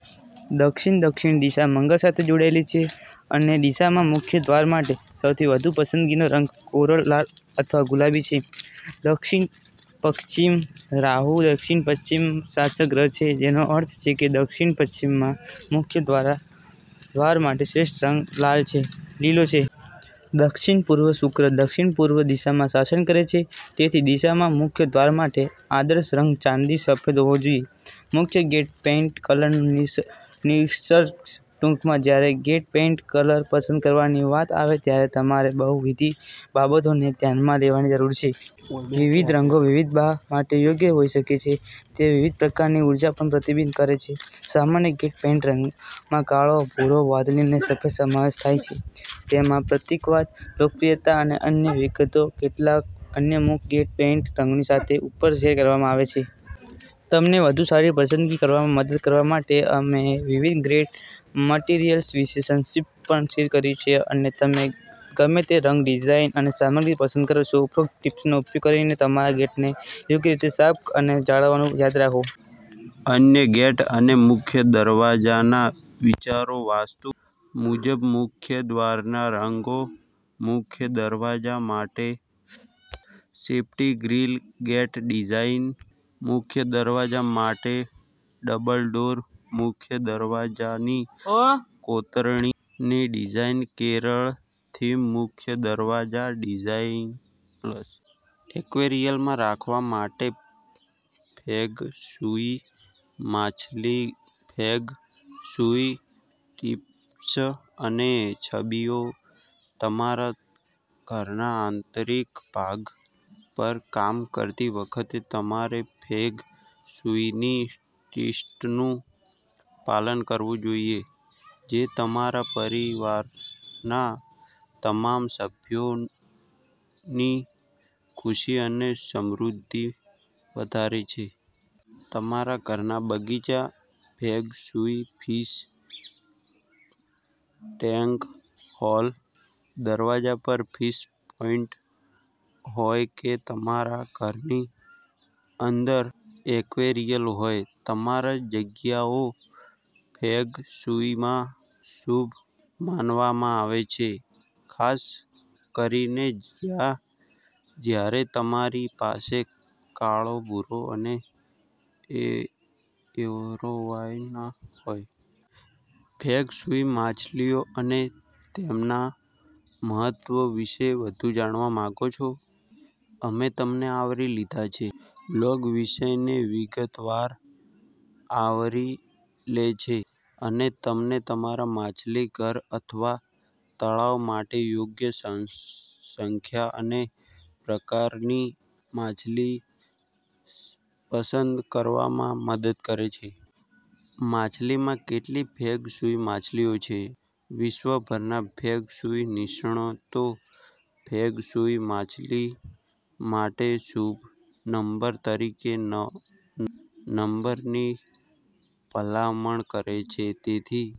દક્ષિણદક્ષિણ દિશા મંગળ સાથે જોડાયેલી છે, અનેદિશામાં મુખ્ય દ્વાર માટે સૌથી વધુ પસંદગીનો રંગ કોરલ લાલ અથવા ગુલાબી છે. દક્ષિણ-પશ્ચિમરાહુ દક્ષિણ-પશ્ચિમમાં શાસક ગ્રહ છે જેનો અર્થ છે કે દક્ષિણ-પશ્ચિમમાં મુખ્ય દ્વાર માટે શ્રેષ્ઠ રંગ લાલ છે લીલો છે. દક્ષિણપૂર્વશુક્ર દક્ષિણપૂર્વ દિશામાં શાસન કરે છે. તેથી, દિશામાં મુખ્ય દ્વાર માટે આદર્શ રંગ ચાંદી-સફેદ હોવો જોઈએ. મુખ્ય ગેટ પેઇન્ટ કલરનું નિષર્ષ ટૂંકમાં, જ્યારે ગેટ પેઇન્ટ કલર પસંદ કરવાની વાત આવે ત્યારે તમારે બહુવિધ બાબતોને ધ્યાનમાં લેવાની જરૂર છે. વિવિધ રંગો વિવિધ બાહ્ય માટે યોગ્ય હોઈ શકે છે. તેઓ વિવિધ પ્રકારની ઊર્જા પણ પ્રતિબિંબિત કરે છે. સામાન્ય ગેટ પેઇન્ટ રંગોમાં કાળો, ભૂરો, વાદળી અને સફેદ સમાવેશ થાય છે. તેમના પ્રતીકવાદ, લોકપ્રિયતા અને અન્ય વિગતો કેટલાક અન્ય મુખ્ય ગેટ પેઇન્ટ રંગોની સાથે ઉપર શેર કરવામાં આવી છે. તમને વધુ સારી પસંદગી કરવામાં મદદ કરવા માટે અમે વિવિધ ગેટ મટિરિયલ્સ વિશે સંક્ષિપ્ત પણ શેર કર્યું છે. અને તમે ગમે તે રંગ, ડિઝાઇન અને સામગ્રી પસંદ કરો છો, ઉપરોક્ત ટીપ્સનો ઉપયોગ કરીને તમારા ગેટને યોગ્ય રીતે સાફ અને જાળવવાનું યાદ રાખો. અન્ય ગેટ અને મુખ્ય દરવાજાના વિચારો વાસ્તુ મુજબ મુખ્ય દ્વારના રંગો મુખ્ય દરવાજા માટે સેફ્ટી ગ્રીલ ગેટ ડિઝાઇન મુખ્ય દરવાજા માટે double door grill gate design Ganesh સાથે મુખ્ય દરવાજાની ડિઝાઇન સાગના લાકડાના મુખ્ય દરવાજાની કોતરણીની ડિઝાઇન કેરળ થીમ મુખ્ય દરવાજા ડિઝાઇન એક્વેરિયમમાં રાખવા માટે ફેંગ શુઇ માછલીફેંગ શુઇ ટિપ્સ અને છબીઓ તમારા ઘરના આંતરિક ભાગ પર કામ કરતી વખતે, તમારે ફેંગ શુઇની ટીસ્ટ નું પાલન કરવું જોઈએ જે તમારા પરિવારના તમામ સભ્યોની ખુશી અને સમૃદ્ધિમાં વધારો કરશે. તમારા ઘરના બગીચામાં ફેંગશુઈ ફિશ ટેન્ક હોય, દરવાજા પર ફિશ પોન્ડ હોય કે તમારા ઘરની અંદર એક્વેરિયમ હોય, તમામ જગ્યાઓ ફેંગશુઈમાં શુભ માનવામાં આવે છે, ખાસ કરીને જ્યારે તમારી પાસે કાળો મૂર અને એરોવાના હોય. ફેંગ શુઇ માછલીઓ અને તેમના મહત્વ વિશે વધુ જાણવા માંગો છો? અમે તમને આવરી લીધા છે. બ્લોગવિષયને વિગતવાર આવરી લે છે અને તમને તમારા માછલીઘર અથવા તળાવ માટે યોગ્ય સંખ્યા અને પ્રકારની માછલી પસંદ કરવામાં મદદ કરે છે. માછલીઘરમાં કેટલી ફેંગ શુઇ માછલીઓ છે? વિશ્વભરના ફેંગ શુઇ નિષ્ણાતો ફેંગ શુઇ માછલી માટે શુભ નંબર તરીકે નવ નંબરની ભલામણ કરે છે. તેથી,